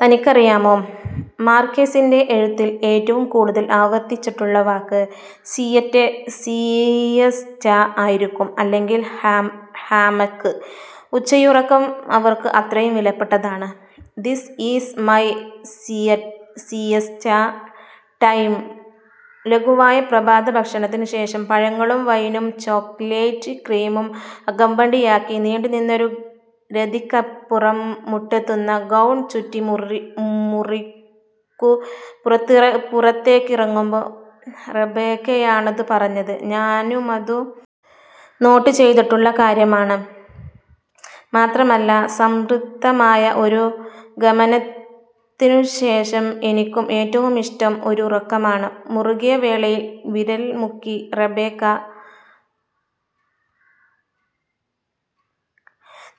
തനിക്കറിയാമോ? മാർക്കേസിന്റെ എഴുത്തിൽ ഏറ്റവും കൂടുതൽ ആവർത്തിച്ചിട്ടുള്ള വാക്ക് സീയസ്റ്റ ആയിരിക്കും. അല്ലെങ്കിൽ ഹാമക്ക്. ഉച്ചയുറക്കം അവർക്ക് അത്രയും വിലപ്പെട്ടതാണ്. ദിസ് ഈസ് മൈ സീയസ്റ്റ ടൈം.ലഘുവായ പ്രഭാതഭക്ഷണത്തിനു ശേഷം പഴങ്ങളും വൈനും ചോക്കലേറ്റ് ക്രീമും അകമ്പടിയാക്കി നീണ്ടുനിന്നൊരു രതിക്കപ്പുറം മുട്ടെത്തുന്ന ഗൗൺ ചുറ്റി മുറിക്കു പുറത്തേക്കിറങ്ങുമ്പോൾ റബേക്കയാണതു പറഞ്ഞത്. ഞാനുമതു നോട്ട് ചെയ്തിട്ടുള്ള കാര്യമാണ്. മാത്രമല്ല, സംതൃപ്തമായ ഒരു ഗമനത്തിനു ശേഷം എനിക്കും ഏറ്റവുമിഷ്ടം ഒരുറക്കമാണ്. മുറുകിയ വേളയിൽ വിരൽ മുക്കി റബേക്ക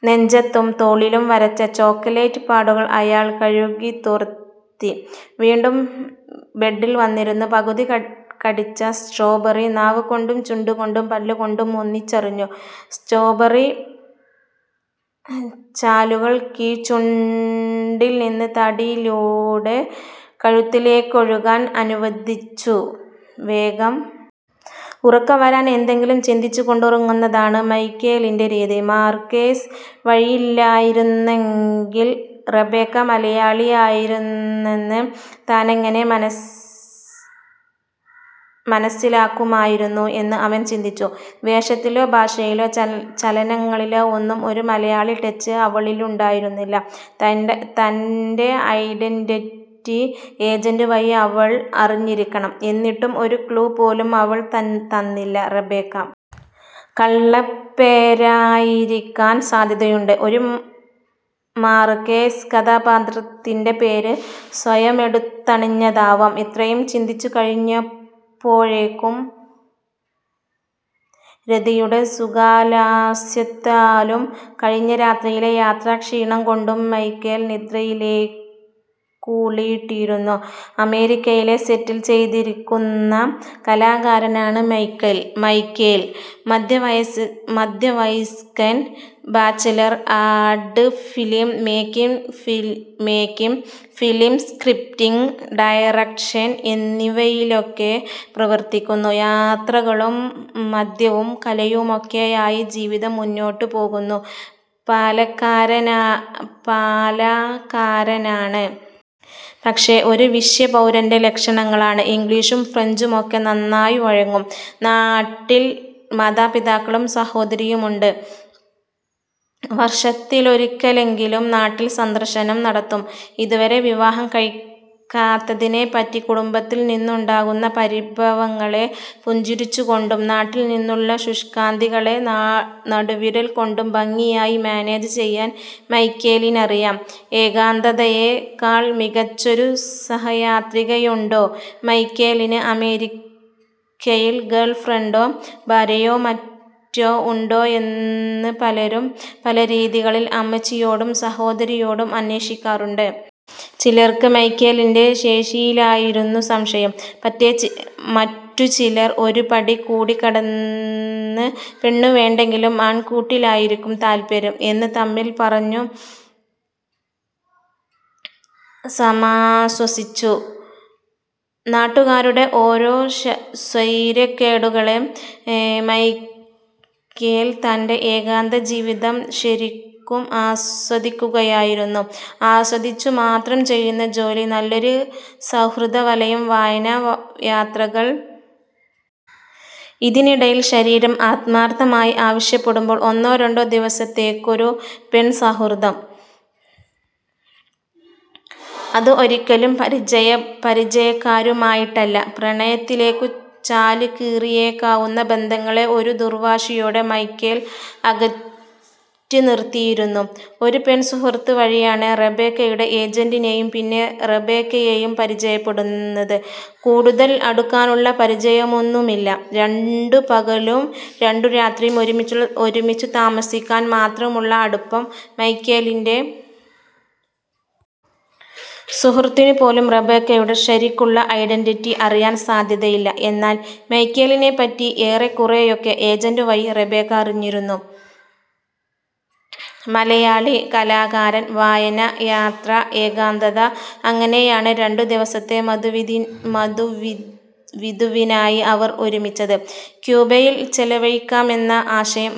നെഞ്ചത്തും തോളിലും വരച്ച ചോക്കലേറ്റ് പാടുകൾ അയാൾ കഴുകിത്തോർത്തി. വീണ്ടും ബെഡിൽ വന്നിരുന്ന് പകുതി കടിച്ച സ്ട്രോബറി നാവുകൊണ്ടും ചുണ്ടുകൊണ്ടും പല്ലുകൊണ്ടും ഒന്നിച്ചറിഞ്ഞു. സ്ട്രോബറി ചാലുകൾ കീഴ്ച്ചുണ്ടിൽനിന്ന് താടിയിലൂടെ കഴുത്തിലേക്കൊഴുകാൻ അനുവദിച്ചു. വേഗം ഉറക്കം വരാൻ എന്തെങ്കിലും ചിന്തിച്ചുകൊണ്ടുറങ്ങുന്നതാണു മൈക്കേലിന്റെ രീതി. മാർക്കേസ് വഴിയല്ലായിരുന്നെങ്കിൽ റബേക്ക മലയാളിയായിരുന്നെന്ന് താനെങ്ങനെ മനസ്സിലാക്കുമായിരുന്നു എന്ന് അവൻ ചിന്തിച്ചു. വേഷത്തിലോ ഭാഷയിലോ ചലനങ്ങളിലോ ഒന്നും ഒരു മലയാളി ടച്ച് അവളിലുണ്ടായിരുന്നില്ല. തന്റെ ഐഡന്റിറ്റി ഏജന്റ് വഴി അവൾ അറിഞ്ഞിരിക്കണം. എന്നിട്ടും ഒരു ക്ലൂ പോലും അവൾ തന്നില്ല. റബേക്ക കള്ളപ്പേരായിരിക്കാൻ സാധ്യതയുണ്ട്. ഒരു മാർക്കേസ് കഥാപാത്രത്തിന്റെ പേര് സ്വയമെടുത്തണിഞ്ഞതാവാം. ഇത്രയും ചിന്തിച്ചുകഴിഞ്ഞപ്പോഴേക്കും രതിയുടെ സുഖാലസ്യത്താലും കഴിഞ്ഞ രാത്രിയിലെ യാത്രാക്ഷീണംകൊണ്ടും മൈക്കേൽ നിദ്രയിലേക്കൂളിയിട്ടിരുന്നു. അമേരിക്കയിൽ സെറ്റിൽ ചെയ്തിരിക്കുന്ന കലാകാരനാണ് മൈക്കേൽ. മധ്യവയസ്കൻ. Bachelor. Ad film making, film scripting, direction എന്നിവയിലൊക്കെ പ്രവർത്തിക്കുന്നു. യാത്രകളും മദ്യവും കലയുമൊക്കെയായി ജീവിതം മുന്നോട്ടുപോകുന്നു. പാലാക്കാരനാണ്, പക്ഷേ ഒരു വിശ്വപൗരന്റെ ലക്ഷണങ്ങളാണ്. ഇംഗ്ലീഷും ഫ്രഞ്ചുമൊക്കെ നന്നായി വഴങ്ങും. നാട്ടിൽ മാതാപിതാക്കളും സഹോദരിയുമുണ്ട്. വർഷത്തിലൊരിക്കലെങ്കിലും നാട്ടിൽ സന്ദർശനം നടത്തും. ഇതുവരെ വിവാഹം കഴിക്കാത്തതിനെപ്പറ്റി കുടുംബത്തിൽനിന്നുണ്ടാകുന്ന പരിഭവങ്ങളെ പുഞ്ചിരികൊണ്ടും നാട്ടിൽനിന്നുള്ള ശുഷ്കാന്തികളെ നടുവിരൽകൊണ്ടും ഭംഗിയായി മാനേജ് ചെയ്യാൻ മൈക്കേലിനറിയാം. ഏകാന്തതയേക്കാൾ മികച്ചൊരു സഹയാത്രികയുണ്ടോ. മൈക്കേലിന് അമേരിക്കയിൽ ഗേൾഫ്രണ്ടോ ഭാര്യയോ മറ്റോ ഉണ്ടോയെന്ന് പലരും പല രീതികളിൽ അമ്മച്ചിയോടും സഹോദരിയോടും അന്വേഷിക്കാറുണ്ട്. ചിലർക്ക് മൈക്കേലിന്റെ ശേഷിയിലായിരുന്നു സംശയം. മറ്റു ചിലർ ഒരു പടി കൂടി കടന്ന് പെണ്ണു വേണ്ടെങ്കിൽ ആൺകൂട്ടിലായിരിക്കും താൽപര്യം എന്ന് തമ്മിൽ പറഞ്ഞു സമാശ്വസിച്ചു. നാട്ടുകാരുടെ ഓരോ സ്വൈര്യക്കേടുകളേ. മൈക്കേൽ തന്റെ ഏകാന്തജീവിതം ശരിക്കും ആസ്വദിക്കുകയായിരുന്നു. ആസ്വദിച്ചു മാത്രം ചെയ്യുന്ന ജോലി, നല്ലൊരു സൗഹൃദവലയം, വായന, യാത്രകൾ. ഇതിനിടയിൽ ശരീരം ആത്മാർത്ഥമായി ആവശ്യപ്പെടുമ്പോൾ ഒന്നോ രണ്ടോ ദിവസത്തേക്കൊരു പെൺസൗഹൃദം. അത് ഒരിക്കലും പരിചയക്കാരുമായിട്ടാവില്ല. പ്രണയത്തിലേക്കു ചാലുകീറിയേക്കാവുന്ന ബന്ധങ്ങളെ ഒരു ദുർവാശിയോടെ മൈക്കേൽ അകറ്റിനിർത്തിയിരുന്നു. ഒരു പെൺസുഹൃത്ത് വഴിയാണ് റബേക്കയുടെ ഏജന്റിനെയും പിന്നെ റബേക്കയെയും പരിചയപ്പെടുന്നത്. കൂടുതൽ അടുക്കാനുള്ള പരിചയമൊന്നുമില്ല. രണ്ടു പകലും രണ്ടു രാത്രിയും ഒരുമിച്ചു താമസിക്കാൻ മാത്രമുള്ള അടുപ്പം. മൈക്കേലിന്റെ സുഹൃത്തിനുപോലും റബേക്കയുടെ ശരിക്കുള്ള ഐഡന്റിറ്റി അറിയാൻ സാധ്യതയില്ല. എന്നാൽ മൈക്കേലിനെപ്പറ്റി ഏറെക്കുറെയൊക്കെ ഏജന്റ് വഴി റബേക്ക അറിഞ്ഞിരുന്നു. മലയാളി, കലാകാരൻ, വായന, യാത്ര, ഏകാന്തത. അങ്ങനെയാണ് രണ്ടു ദിവസത്തെ മധുവിധുവിനായി അവർ ഒരുമിച്ചത്. ക്യൂബയിൽ ചെലവഴിക്കാമെന്ന ആശയം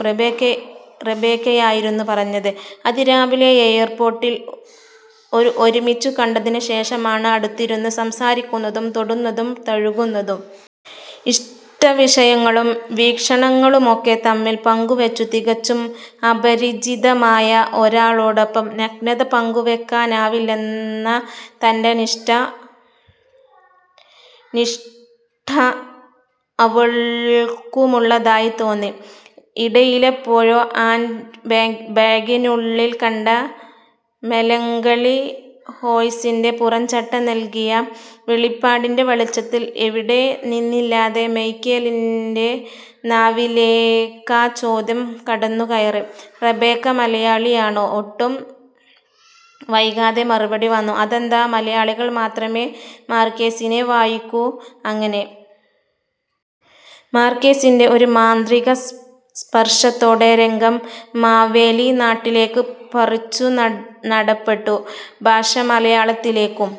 റബേക്കയായിരുന്നു പറഞ്ഞത്. അതിരാവിലെ എയർപോർട്ടിൽ ഒരുമിച്ചു കണ്ടതിനു ശേഷമാണ് അടുത്തിരുന്ന് സംസാരിക്കുന്നതും തൊടുന്നതും തഴുകുന്നതും. ഇഷ്ടവിഷയങ്ങളും വീക്ഷണങ്ങളുമൊക്കെ തമ്മിൽ പങ്കുവെച്ചു. തികച്ചും അപരിചിതയായ ഒരാളോടൊപ്പം നഗ്നത പങ്കുവയ്ക്കാനാവില്ലെന്ന തന്റെ നിഷ്ഠ അവൾക്കുമുള്ളതായി തോന്നി. ഇടയിലെപ്പോഴോ ഹാൻഡ് ബാഗിനുള്ളിൽ കണ്ട മെലങ്കളി ഹോഴ്സിന്റെ പുറംചട്ട നൽകിയ വെളിപാടിന്റെ വെളിച്ചത്തിൽ എവിടെ നിന്നെന്നില്ലാതെ മൈക്കേലിന്റെ നാവിലേക്കാ ചോദ്യം നടന്നുകയറി. റബേക്ക മലയാളിയാണോ? ഒട്ടും വൈകാതെ മറുപടി വന്നു. അതെന്താ, മലയാളികൾ മാത്രമേ മാർക്കേസിനെ വായിക്കൂ. അങ്ങനെ മാർക്കേസിന്റെ ഒരു മാന്ത്രിക സ്പർശത്തോടെ രംഗം മാവേലി നാട്ടിലേക്കു പറിച്ചുനടപ്പെട്ടു. ഭാഷ മലയാളത്തിലേക്കും.